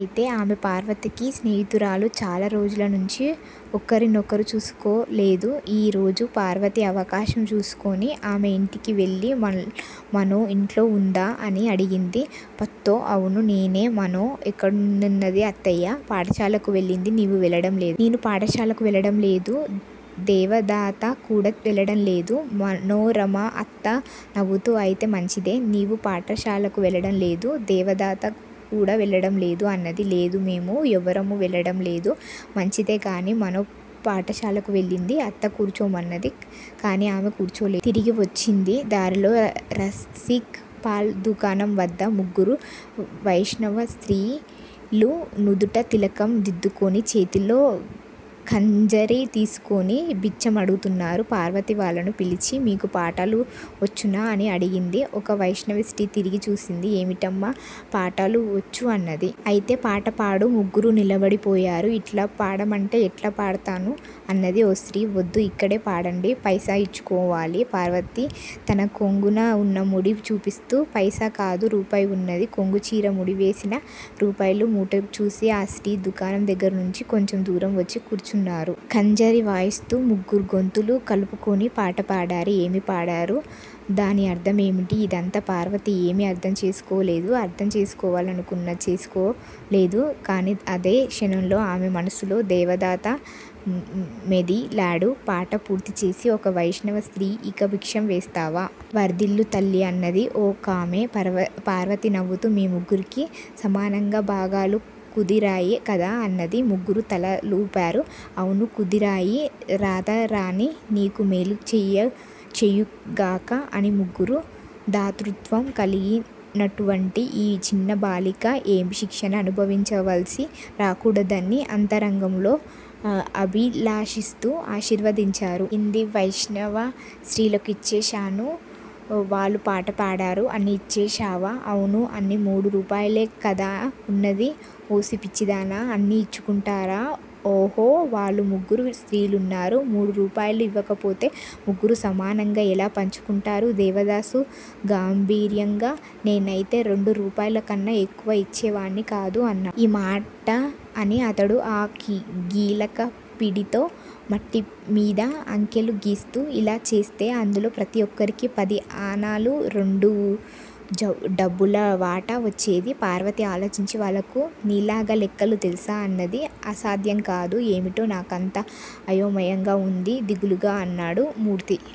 అయితే ఆమె పార్వతికి స్నేహితురాలు చాలా రోజులనుంచి ఒకరి నొకరు చూసుకోలేదు. ఈ రోజు, పార్వతి అవకాశం చూసుకొని ఆమె ఇంటికి వెళ్ళి మనో ఇంట్లో వుందా? అని అడిగింది. పత్తో! అవును నేనే. మనో ఎక్కడున్నది అత్తయ్యా? పాఠశాలకు వెళ్ళింది నీవు వెళ్ళడం లేదా? నేను పాఠశాలకు వెళ్ళడంలేదు. దేవదాదా కూడా వెళ్ళడం లేదు. మనోరమ అత్త నవ్వుతూ అయితే మంచిదే! నీవూ పాఠ శాలకు వెళ్ళడంలేదు. దేవదాదా కూడా వెళ్ళడంలేదు అన్నది. లేదు, మేము ఎవ్వరమూ వెళ్ళడంలేదు. మంచిదే, కాని మనో పాఠశాలకు వెళ్ళింది. అత్త కూర్చోమన్నది. కాని ఆమె కూర్చోలేదు. తిరిగి వచ్చింది. దారిలో రసిక్ పాల్ దుకాణం వద్ద ముగ్గురు వైష్ణవ స్త్రీలు నుదుట తిలకం దిద్దుకుని, చేతిలో ఖంజరి తీసికొని బిచ్చం అడుగుతున్నారు. పార్వతి వాళ్ళను పిలిచి మీకు పాటలు వచ్చునా? అని అడిగింది. ఒక వైష్ణవ స్త్రీ తిరిగి చూసింది ఏమిటమ్మా, పాటలు వచ్చు అన్నది. అయితే పాట పాడు! ముగ్గురూ నిలబడిపోయారు! ఇట్లా పాడమంటే ఎట్లా పాడతాము అన్నది ఒక స్త్రీ. వద్దు, ఇక్కడే పాడండి! పైసా ఇచ్చుకోవాలి! పార్వతి తన కొంగున ఉన్న ముడి చూపిస్తూ పైసా కాదు, రూపాయి వున్నది. కొంగు చివర ముడివేసిన రూపాయల మూట చూసి ఆ స్త్రీలు దుకాణం దగ్గర నుంచి కొంచెం దూరం వచ్చి కూర్చున్నారు. ఖంజరి వాయిస్తూ ముగ్గురూ గొంతులు కలుపుకొని పాట పాడారు. ఏమి పాడారు, దాని అర్ధమేమిటీ, ఇదంతా పార్వతి ఏమీ అర్ధం చేసుకోలేదు. అర్ధం చేసుకోవాలనుకున్నా చేసుకోలేదు. కాని అదే క్షణంలో ఆమె మనసులో దేవదాదా మెదిలాడు. పాట పూర్తిచేసి ఒక వైష్ణవ స్త్రీ ఇక భిక్షం వేస్తావా! వర్ధిల్లు తల్లీ అన్నది ఒకామె. పార్వతి నవ్వుతూ మీ ముగ్గురికీ సమానంగా బాగాలు కుదిరాయి కాదా! అన్నది. ముగ్గురూ తల లూపారు. అవును కుదిరాయి. రాధారాణి నీకు మేలు చేయుగాక! అని ముగ్గురూ దాతృత్వం కలిగినటువంటి ఈ చిన్న బాలిక ఏమీ శిక్ష అనుభవించవలసి రాకూడదని అంతరంగంలో అభిలషిస్తూ ఆశీర్వదించారు. ఏమయింది? వైష్ణవ స్త్రీలకు ఇచ్చేశాను. వాళ్ళు పాట పాడారు. అన్నీ ఇచ్చేశావా? అవును, అన్ని మూడు రూపాయలే గదా వున్నది? ఓసి పిచ్చిదానా, అన్నీ ఇచ్చుకుంటారా? ఓహో! వాళ్ళు ముగ్గురు స్త్రీలున్నారు. మూడు రూపాయలు ఇవ్వకపోతే ముగ్గురూ సమానంగా ఎలా పంచుకుంటారు? దేవదాసు గాంభీర్యంగా నేనయితే రెండు రూపాయలు కన్నా ఎక్కువ ఇచ్చేవాణ్ని కాదు-అన్నాడు. ఈ మాట అని అతడు ఆ గిలక పిడితో మట్టిమీద అంకెలు గీస్తూ ఇలా చేస్తే అందులో ప్రతి ఒక్కరికీ పది అణాలు రెండు డబ్బుల వాటా వచ్చేది. పార్వతి ఆలోచించి వాళ్ళకు నీలాగా లెక్కలు తెలుసా? అన్నది. అసాధ్యంకాదు. ఏమిటో నాకంతా అయోమయంగా వుంది దిగులుగా అన్నాడు మూర్తి.